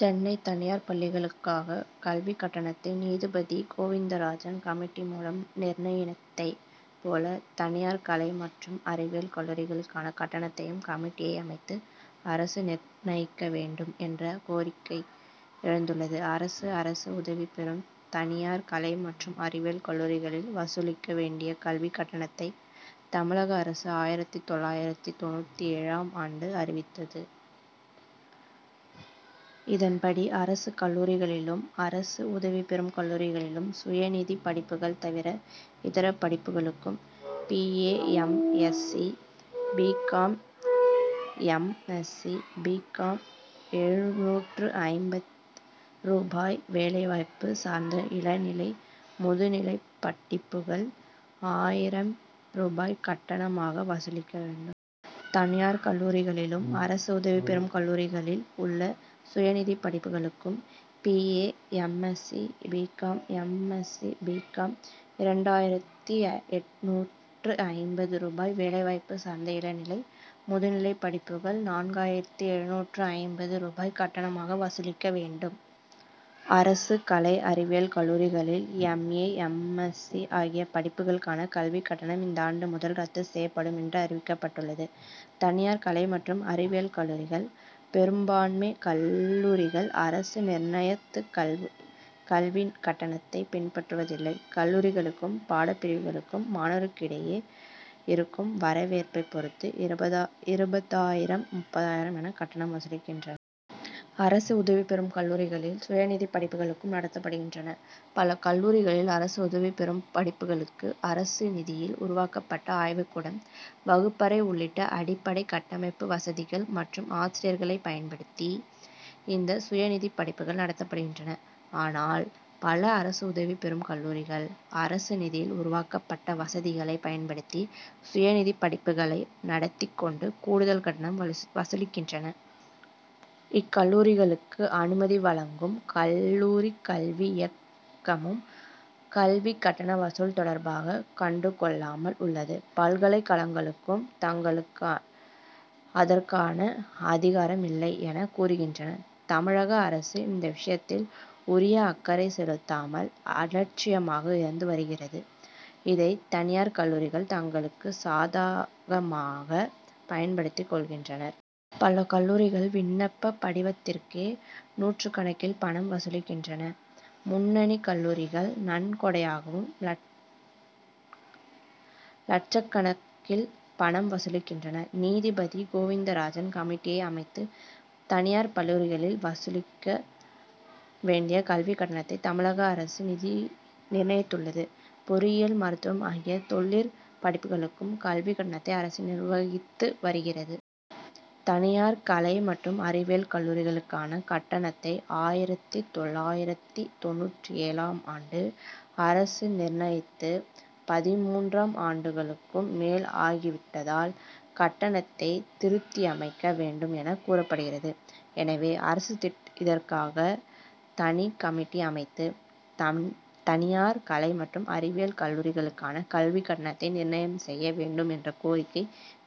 சென்னை தனியார் பள்ளிகளுக்கான கல்விக் கட்டணத்தை நீதிபதி கோவிந்தராஜன் கமிட்டி மூலம் நிர்ணயித்ததைப் போல, தனியார் கலை மற்றும் அறிவியல் கல்லூரிகளுக்கான கட்டணத்தையும் கமிட்டியை அமைத்து அரசு நிர்ணயிக்க வேண்டும் என்ற கோரிக்கை எழுந்துள்ளது. அரசு, அரசு உதவிபெறும், தனியார் கலை மற்றும் அறிவியல் கல்லூரிகளில் வசூலிக்க வேண்டிய கல்விக் கட்டணத்தை தமிழக அரசு, ஆயிரத்து தொள்ளாயிரத்து தொண்ணூற்றேழாம் ஆண்டு அறிவித்தது. இதன்படி, அரசு கல்லூரிகளிலும், அரசு உதவிபெறும் கல்லூரிகளில் சுயநிதிப் படிப்புகள் தவிர இதர படிப்புகளுக்கும் B. A., M. S C., B. Com., M. S C., M. Com., எழுநூற்று ஐம்பது ரூபாய், வேலைவாய்ப்பு சார்ந்த இளநிலை, முதுநிலை படிப்புகள் ஆயிரம் ரூபாய் கட்டணமாக வசூலிக்க வேண்டும். தனியார் கல்லூரிகளிலும், அரசு உதவிபெறும் கல்லூரிகளில் உள்ள சுயநிதி படிப்புகளுக்கும் B. A., M. S C., B. Com., M. S C., M. Com., இரண்டாயிரத்து எண்ணூற்று ஐம்பது ரூபாய், வேலைவாய்ப்பு சார்ந்த இளநிலை, முதுநிலை படிப்புகள் நான்காயிரத்து எழுநூற்று ஐம்பது ரூபாய் கட்டணமாக வசூலிக்க வேண்டும். அரசு கலை அறிவியல் கல்லூரிகளில் எம். ஏ. எம். எஸ்சி., ஆகிய படிப்புகளுக்கான கல்விக் கட்டணம் இந்த ஆண்டு முதல் ரத்து செய்யப்படும் என்றும் அறிவிக்கப்பட்டுள்ளது. தனியார் கலை மற்றும் அறிவியல் கல்லூரிகள், பெரும்பான்மை கல்லூரிகள் அரசு நிர்ணயித்த கல்விக் கட்டணத்தை பின்பற்றுவதில்லை. கல்லூரிகளுக்கும், பாடப்பிரிவுகளுக்கும் மாணவர்களிடையே இருக்கும் வரவேற்பைப் பொறுத்து, இருபதாயிரம், முப்பதாயிரம் என கட்டணம் வசூலிக்கின்றன. அரசு உதவிபெறும் கல்லூரிகளில், சுயநிதி படிப்புகளும் நடத்தப்படுகின்றன. பல கல்லூரிகளில் அரசு உதவிபெறும் படிப்புகளுக்கு அரசு நிதியில் உருவாக்கப்பட்ட ஆய்வுக்கூடம், வகுப்பறை உள்ளிட்ட அடிப்படை கட்டமைப்பு வசதிகள் மற்றும் ஆசிரியர்களை பயன்படுத்தி, இந்த சுயநிதிப் படிப்புகள் நடத்தப்படுகின்றன. ஆனால், பல அரசு உதவிபெறும் கல்லூரிகள், அரசு நிதியில் உருவாக்கப்பட்ட வசதிகளை பயன்படுத்தி சுயநிதி படிப்புகளை நடத்திக் கொண்டு கூடுதல் கட்டணம் வசூலிக்கின்றன. இக்கல்லூரிகளுக்கு அனுமதி வழங்கும் கல்லூரிக் கல்வி இயக்ககமும் கல்விக் கட்டண வசூல் தொடர்பாக கண்டுகொள்ளாமல் உள்ளது. பல்கலைக் கழகங்களும் தங்களுக்கு அதற்கான அதிகாரம் இல்லை என கூறுகின்றன. தமிழக அரசு இந்த விஷயத்தில் உரிய அக்கறை செலுத்தாமல், அலட்சியமாக இருந்து வருகிறது. இதை தனியார் கல்லூரிகள் தங்களுக்கு சாதகமாக பயன்படுத்திக் கொள்கின்றனர். பல கல்லூரிகள் விண்ணப்பப் படிவத்திற்கே, நூற்றுக்கணக்கில் பணம் வசூலிக்கின்றன. முன்னணி கல்லூரிகள் நன்கொடையாகவும் லட்சக்கணக்கில் பணம் வசூலிக்கின்றன. நீதிபதி கோவிந்தராஜன் கமிட்டியை அமைத்து, தனியார் பள்ளிகளில் வசூலிக்க வேண்டிய கல்விக் கட்டணத்தை தமிழக அரசு நிர்ணயித்துள்ளது. பொறியியல், மருத்துவம் ஆகிய தொழிற்படிப்புகளுக்கும் கல்விக் கட்டணத்தை அரசு நிர்ணயித்து வருகிறது. தனியார் கலை மற்றும் அறிவியல் கல்லூரிகளுக்கான கட்டணத்தை ஆயிரத்து தொள்ளாயிரத்து தொண்ணூற்றேழாம் ஆண்டு அரசு நிர்ணயித்து, பதின்மூன்று ஆண்டுகளுக்கும் மேல் ஆகிவிட்டதால், கட்டணத்தை திருத்தியமைக்க வேண்டும் என கூறப்படுகிறது. எனவே அரசு இதற்காக தனிக் கமிட்டி அமைத்து, தனியார் கலை மற்றும் அறிவியல் கல்லூரிகளுக்கான கல்விக் கட்டணத்தை நிர்ணயம் செய்ய வேண்டும் என்ற கோரிக்கை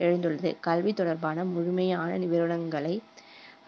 எழுந்துள்ளது. கல்வி தொடர்பாக முழுமையான விவரங்களை அறிந்து கொள்ள